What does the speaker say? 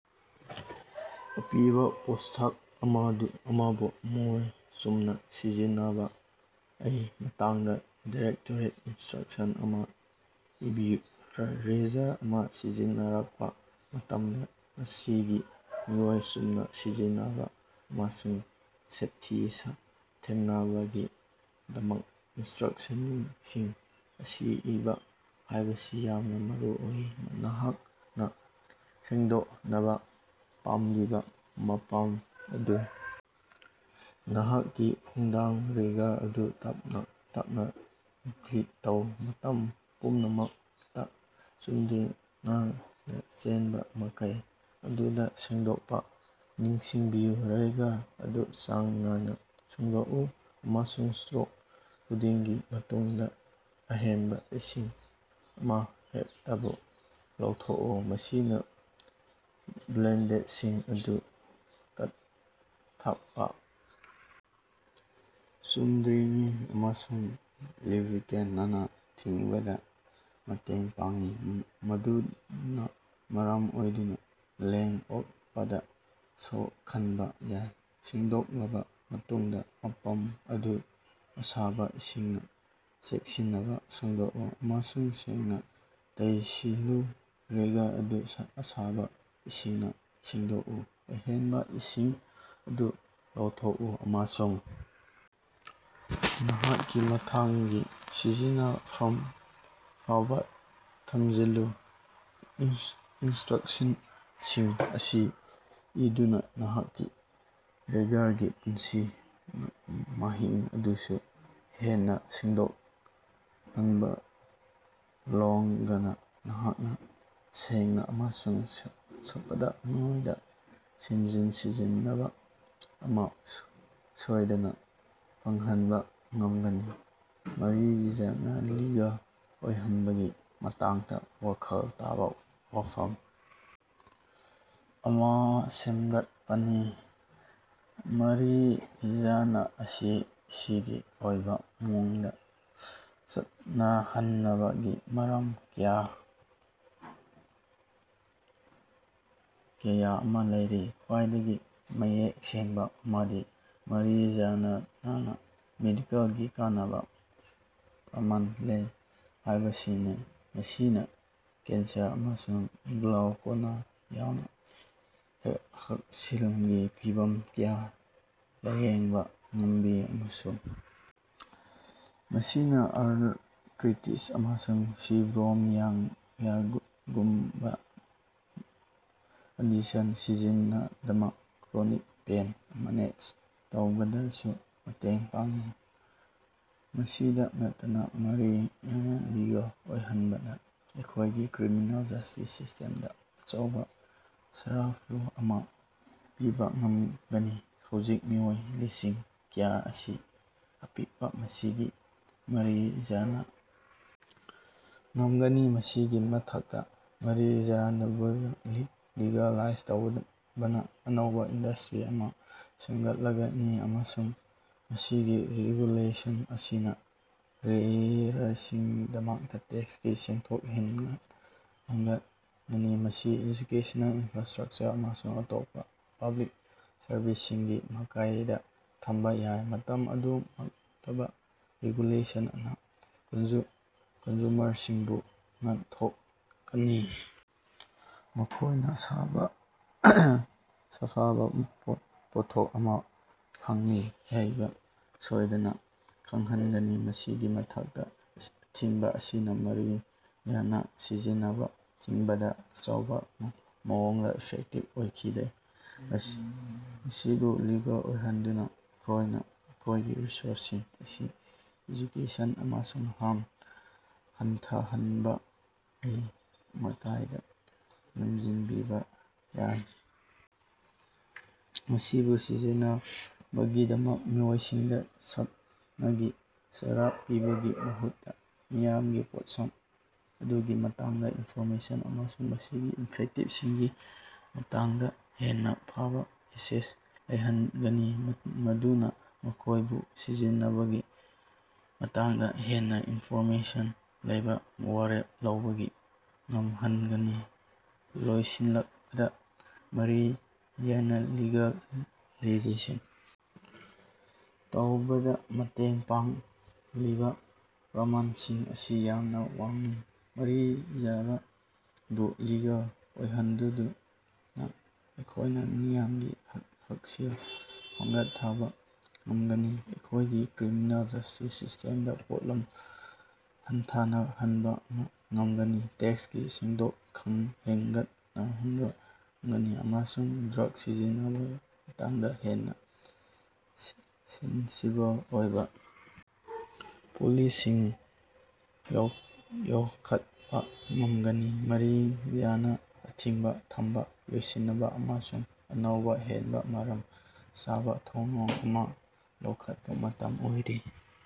ꯑꯄꯤꯕꯥ ꯄꯣꯠꯁꯛ ꯑꯃꯕꯨ ꯃꯑꯣꯡ ꯆꯨꯝꯅꯥ ꯁꯤꯖꯤꯟꯅꯕꯒꯤ ꯃꯇꯥꯡꯗꯥ ꯗꯥꯏꯔꯦꯛꯇꯣꯔꯦꯠ ꯏꯟꯁꯇ꯭ꯔꯛꯁꯟ ꯑꯃꯥ ꯏꯕꯤꯌꯨ꯫ ꯔꯦꯖꯔ ꯑꯃꯥ ꯁꯤꯖꯤꯟꯅꯔꯛꯄꯥ ꯃꯇꯝꯗꯥ, ꯃꯁꯤꯒꯤ ꯃꯑꯣꯡ ꯆꯨꯝꯅꯥ ꯁꯤꯖꯤꯟꯅꯅꯕꯥ ꯑꯃꯁꯨꯡ ꯁꯦꯞꯇꯤ ꯊꯝꯅꯕꯒꯤꯗꯃꯛ ꯏꯟꯁꯇ꯭ꯔꯛꯁꯟꯁꯤꯡ ꯑꯁꯤ ꯏꯟꯕꯥ ꯍꯥꯏꯕꯁꯤ ꯌꯥꯝꯅꯥ ꯃꯔꯨꯑꯣꯏ꯫ ꯅꯍꯥꯛꯅꯥ ꯁꯦꯡꯗꯣꯛꯅꯕꯥ ꯄꯥꯝꯂꯤꯕꯥ ꯃꯐꯝ ꯑꯗꯨ ꯅꯍꯥꯛꯀꯤ ꯈꯣꯡꯗꯥ ꯔꯦꯖꯔ ꯑꯗꯨ ꯇꯞꯅꯥ ꯇꯞꯅꯥ ꯒ꯭ꯂꯥꯏꯗ ꯇꯧ꯫ ꯃꯇꯝ ꯄꯨꯝꯅꯃꯛꯇꯥ ꯆꯨꯝꯗ꯭ꯔꯤꯡꯅꯥ ꯆꯦꯟꯕꯥ ꯃꯥꯏꯀꯩ ꯑꯗꯨꯗꯥ ꯁꯦꯡꯗꯣꯛꯄꯥ ꯅꯤꯡꯁꯤꯡꯕꯤꯌꯨ꯫ ꯔꯦꯖꯔ ꯑꯗꯨ ꯆꯥꯡ ꯅꯥꯏꯅꯥ ꯁꯦꯡꯗꯣꯛꯎ ꯑꯃꯁꯨꯡ ꯁ꯭ꯇꯔꯣꯛ ꯈꯨꯗꯤꯡꯒꯤ ꯃꯇꯨꯡꯗꯥ ꯑꯍꯦꯟꯕꯥ ꯏꯁꯤꯡ ꯑꯃꯍꯦꯛꯇꯕꯨ ꯂꯧꯊꯣꯛꯎ꯫ ꯃꯁꯤꯅꯥ ꯕ꯭ꯂꯦꯠꯁꯤꯡ ꯑꯗꯨ ꯀꯛꯊꯠꯄꯥ ꯆꯨꯝꯅꯒꯤ ꯑꯃꯁꯨꯡ ꯂꯨꯕ꯭ꯔꯤꯀꯦꯟꯅꯥ ꯊꯤꯡꯕꯗꯥ ꯃꯇꯦꯡ ꯄꯥꯡꯏ, ꯃꯗꯨꯅꯥ ꯃꯔꯝ ꯑꯣꯏꯗꯨꯅꯥ ꯂꯦꯡ-ꯑꯣꯠꯄꯗꯥ ꯁꯣꯛꯍꯟꯕꯥ ꯌꯥꯏ꯫ ꯁꯦꯡꯗꯣꯛꯂꯕꯥ ꯃꯇꯨꯡꯗꯥ, ꯃꯐꯝ ꯑꯗꯨ ꯑꯁꯥꯕꯥ ꯏꯁꯤꯡꯅꯥ ꯆꯦꯛꯁꯤꯟꯅꯥ ꯁꯦꯡꯗꯣꯛꯎ ꯑꯃꯁꯨꯡ ꯁꯦꯡꯅꯥ ꯇꯩꯁꯤꯜꯂꯨ꯫ ꯔꯦꯖꯔ ꯑꯗꯨ ꯑꯁꯥꯕꯥ ꯏꯁꯤꯡꯅꯥ ꯁꯦꯡꯗꯣꯛꯎ, ꯑꯍꯦꯟꯕꯥ ꯏꯁꯤꯡ ꯑꯗꯨ ꯂꯧꯊꯣꯛꯎ ꯑꯃꯁꯨꯡ ꯅꯍꯥꯛꯀꯤ ꯃꯊꯪꯒꯤ ꯁꯤꯖꯤꯟꯅꯐꯝ ꯐꯥꯎꯕꯥ ꯊꯝꯖꯤꯜꯂꯨ꯫ ꯏꯟꯁꯇ꯭ꯔꯛꯁꯟꯁꯤꯡ ꯑꯁꯤ ꯏꯟꯗꯨꯅꯥ, ꯅꯍꯥꯛꯀꯤ ꯔꯦꯖꯔꯒꯤ ꯄꯨꯟꯁꯤ ꯃꯍꯤꯡ ꯑꯗꯨꯁꯨ ꯍꯦꯟꯅꯥ ꯁꯥꯡꯗꯣꯛꯍꯟꯕꯒꯥ ꯂꯣꯏꯅꯅꯥ ꯅꯍꯥꯛꯅꯥ ꯁꯦꯡꯅꯥ ꯑꯃꯁꯨꯡ ꯁꯥꯐꯕꯥ ꯃꯑꯣꯡꯗꯥ ꯁꯦꯝꯖꯤꯟ-ꯁꯥꯖꯤꯟꯕꯥ ꯑꯃꯥ ꯁꯣꯏꯗꯅꯥ ꯐꯪꯍꯟꯕꯥ ꯉꯝꯒꯅꯤ꯫ ꯃꯔꯤꯖꯅꯥꯅ ꯂꯤꯒꯦꯜ ꯑꯣꯏꯍꯟꯕꯒꯤ ꯃꯇꯥꯡꯗꯥ ꯋꯥꯈꯜ ꯇꯥꯕꯥ ꯋꯥꯐꯝ ꯑꯃꯥ ꯁꯦꯝꯒꯠꯄꯥꯅꯤ꯫ ꯃꯔꯤꯖꯅꯥ ꯑꯁꯤ ꯑꯥꯏꯟꯒꯤ ꯑꯣꯏꯕꯥ ꯃꯑꯣꯡꯗꯥ ꯆꯠꯅꯍꯟꯕꯒꯤ ꯃꯔꯝ ꯀꯌꯥ ꯑꯃꯥ ꯂꯩꯔꯤ꯫ ꯈ꯭ꯋꯥꯏꯗꯒꯤ ꯃꯌꯦꯛ ꯁꯦꯡꯕꯥ ꯑꯃꯗꯤ ꯃꯔꯤꯖꯅꯥꯅ ꯃꯦꯗꯤꯀꯦꯜꯒꯤ ꯀꯥꯟꯅꯕꯥ ꯄ꯭ꯔꯃꯥꯟ ꯂꯩ ꯍꯥꯏꯕꯁꯤꯅꯤ: ꯃꯁꯤꯅꯥ ꯀꯦꯟꯁꯔ ꯑꯃꯁꯨꯡ ꯒ꯭ꯂꯣꯀꯣꯃꯥ ꯌꯥꯎꯅꯥ ꯍꯛꯁꯦꯜꯒꯤ ꯐꯤꯚꯝ ꯀꯌꯥ ꯂꯥꯌꯦꯡꯕꯥ ꯉꯝꯃꯤ ꯑꯃꯁꯨꯡ ꯃꯁꯤꯅꯥ ꯑꯔꯊ꯭ꯔꯥꯏꯇꯤꯁ ꯑꯃꯁꯨꯡ ꯐꯥꯏꯕ꯭ꯔꯣꯃꯥꯏꯑꯦꯜꯖꯤꯌꯥꯒꯨꯝꯕꯥ ꯀꯟꯗꯤꯁꯟꯁꯤꯡꯒꯤꯗꯃꯛꯇꯥ ꯀ꯭ꯔꯣꯅꯤꯛ ꯄꯦꯏꯟ ꯃꯦꯅꯦꯖ ꯇꯧꯕꯗꯁꯨ ꯃꯇꯦꯡ ꯄꯥꯡꯏ꯫ ꯃꯁꯤꯗꯥ ꯅꯠꯇꯅꯥ, ꯃꯔꯤꯖꯅꯥ ꯂꯤꯒꯦꯜ ꯑꯣꯏꯍꯟꯕꯅꯥ ꯑꯩꯈꯣꯏꯒꯤ ꯀ꯭ꯔꯤꯃꯤꯅꯦꯜ ꯖꯁꯇꯤꯁ ꯁꯤꯁꯇꯦꯝꯗꯥ ꯑꯆꯧꯕꯥ ꯁꯥꯐꯨ ꯑꯃꯥ ꯄꯤꯕꯥ ꯉꯝꯒꯅꯤ꯫ ꯍꯧꯖꯤꯛ ꯃꯤꯑꯣꯏ ꯂꯤꯁꯤꯡ ꯀꯌꯥ ꯑꯁꯤ ꯑꯄꯤꯛꯄꯥ ꯃꯁꯤꯡꯒꯤ ꯃꯔꯤꯖꯅꯥ ꯉꯝꯒꯅꯤ꯫ ꯃꯁꯤꯒꯤ ꯃꯊꯛꯇꯥ, ꯃꯔꯤꯖꯅꯥꯕꯨ ꯂꯤꯒꯦꯂꯥꯏꯖ ꯇꯧꯕꯅꯥ ꯑꯅꯧꯕꯥ ꯏꯟꯗꯁꯇ꯭ꯔꯤ ꯑꯃꯥ ꯁꯦꯝꯒꯠꯂꯒꯅꯤ ꯑꯃꯁꯨꯡ ꯃꯁꯤꯒꯤ ꯔꯦꯒꯨꯂꯦꯁꯟ ꯑꯁꯤꯅꯥ ꯔꯥꯖ꯭ꯌꯁꯤꯡꯒꯤꯗꯃꯛꯇꯥ ꯇꯦꯛꯁꯀꯤ ꯁꯦꯟꯊꯣꯛ ꯍꯦꯟꯒꯠꯍꯟꯒꯅꯤ꯫ ꯃꯁꯤ ꯑꯦꯖꯨꯀꯦꯁꯟ, ꯏꯅꯐ꯭ꯔꯥꯁꯇ꯭ꯔꯛꯆꯔ ꯑꯃꯁꯨꯡ ꯑꯇꯣꯞꯄꯥ ꯄꯕ꯭ꯂꯤꯛ ꯁꯔꯕꯤꯁꯁꯤꯡꯒꯤ ꯃꯥꯏꯀꯩꯗꯥ ꯊꯝꯕꯥ ꯌꯥꯏ꯫ ꯃꯇꯝ ꯑꯗꯨꯃꯛꯇꯗꯥ, ꯔꯦꯒꯨꯂꯦꯁꯟꯅꯥ ꯀꯟꯖꯨꯃꯔꯁꯤꯡꯕꯨ ꯉꯥꯛꯊꯣꯛꯀꯅꯤ, ꯃꯈꯣꯏꯅꯥ ꯁꯥꯐꯕꯥ ꯄꯣꯠꯊꯣꯛ ꯑꯃꯥ ꯐꯪꯂꯤ ꯍꯥꯏꯕꯥ ꯁꯣꯏꯗꯅꯥ ꯈꯪꯍꯟꯒꯅꯤ꯫ ꯃꯁꯤꯒꯤ ꯃꯊꯛꯇꯥ, ꯑꯊꯤꯡꯕꯥ ꯑꯁꯤꯅꯥ ꯃꯔꯤꯖꯅꯥ ꯁꯤꯖꯤꯟꯅꯕꯥ ꯊꯤꯡꯕꯗꯥ ꯑꯆꯧꯕꯥ ꯃꯑꯣꯡꯗꯥ ꯏꯐꯦꯛꯇꯤꯕ ꯑꯣꯏꯈꯤꯗꯦ꯫ ꯃꯁꯤꯕꯨ ꯂꯤꯒꯦꯜ ꯑꯣꯏꯍꯟꯗꯨꯅꯥ ꯑꯩꯈꯣꯏꯅꯥ ꯑꯩꯈꯣꯏꯒꯤ ꯔꯤꯁꯣꯔꯁꯁꯤꯡ ꯑꯁꯤ ꯑꯦꯖꯨꯀꯦꯁꯟ ꯑꯃꯁꯨꯡ ꯍꯥꯝ ꯍꯟꯊꯍꯟꯕꯒꯤ ꯃꯥꯏꯀꯩꯗꯥ ꯂꯝꯖꯤꯡꯕꯤꯕꯥ ꯌꯥꯏ, ꯃꯁꯤ ꯁꯤꯖꯤꯟꯅꯕꯒꯤꯗꯃꯛ ꯃꯤꯑꯣꯏꯁꯤꯡꯗꯥ ꯁꯨꯞꯅꯒꯤ ꯆꯩꯔꯥꯛ ꯄꯤꯕꯒꯤ ꯃꯍꯨꯠꯇꯥ, ꯃꯤꯌꯥꯝꯅꯥ ꯄꯣꯠꯁꯛ ꯑꯗꯨꯒꯤ ꯃꯇꯥꯡꯗꯥ ꯏꯟꯐꯣꯔꯃꯦꯁꯟ ꯑꯃꯁꯨꯡ ꯃꯁꯤꯒꯤ ꯏꯐꯦꯛꯁꯤꯡꯒꯤ ꯃꯇꯥꯡꯗꯥ ꯍꯦꯟꯅꯥ ꯐꯕꯥ ꯑꯦꯛꯁꯦꯁ ꯂꯩꯍꯟꯒꯅꯤ, ꯃꯗꯨꯅꯥ ꯃꯈꯣꯏꯕꯨ ꯁꯤꯖꯤꯟꯅꯕꯒꯤ ꯃꯇꯥꯡꯗꯥ ꯍꯦꯟꯅꯥ ꯏꯟꯐꯣꯔꯃꯦꯁꯟ ꯂꯩꯕꯥ ꯋꯥꯔꯦꯞ ꯂꯧꯕꯥ ꯉꯝꯍꯟꯒꯅꯤ꯫ ꯂꯣꯏꯁꯤꯜꯂꯛꯄꯗꯥ, ꯃꯔꯤꯖꯅꯥ ꯂꯤꯒꯦꯂꯥꯏꯖꯦꯁꯟ ꯇꯧꯕꯗꯥ ꯃꯇꯦꯡ ꯄꯥꯡꯂꯤꯕꯥ ꯄ꯭ꯔꯃꯥꯟꯁꯤꯡ ꯑꯁꯤ ꯌꯥꯝꯅꯥ ꯋꯥꯡꯏ꯫ ꯃꯔꯤꯖꯅꯥꯕꯨ ꯂꯤꯒꯦꯜ ꯑꯣꯏꯍꯟꯗꯨꯅꯥ ꯑꯩꯈꯣꯏꯅꯥ ꯃꯤꯌꯥꯝꯒꯤ ꯍꯛꯁꯦꯜ ꯐꯒꯠꯍꯟꯕꯥ ꯉꯝꯒꯅꯤ, ꯑꯩꯈꯣꯏꯒꯤ ꯀ꯭ꯔꯤꯃꯤꯅꯦꯜ ꯖꯁꯇꯤꯁ ꯁꯤꯁꯇꯦꯝꯗꯥ ꯄꯣꯠꯂꯨꯝ ꯍꯟꯊꯍꯟꯕꯥ ꯉꯝꯒꯅꯤ, ꯇꯦꯛꯁꯀꯤ ꯁꯦꯟꯊꯣꯛ ꯍꯦꯟꯒꯠꯍꯟꯕꯥ ꯉꯝꯒꯅꯤ ꯑꯃꯁꯨꯡ ꯗ꯭ꯔꯒ ꯁꯤꯖꯤꯟꯅꯕꯒꯤ ꯃꯇꯥꯡꯗꯥ ꯍꯦꯟꯅꯥ ꯁꯦꯟꯁꯤꯕꯜ ꯑꯣꯏꯕꯥ ꯄꯣꯂꯤꯁꯤꯁꯤꯡ ꯌꯣꯛꯈꯠꯄꯥ ꯉꯝꯒꯅꯤ꯫ ꯃꯔꯤꯖꯅꯥ ꯑꯊꯤꯡꯕꯥ ꯊꯝꯕꯥ ꯂꯣꯏꯁꯤꯟꯕꯥ ꯑꯃꯁꯨꯡ ꯑꯅꯧꯕꯥ ꯍꯦꯟꯅꯥ ꯃꯔꯝ ꯆꯥꯕꯥ ꯊꯧꯑꯣꯡ ꯑꯃꯥ ꯂꯧꯈꯠꯄꯥ ꯃꯇꯝ ꯑꯣꯏꯔꯦ꯫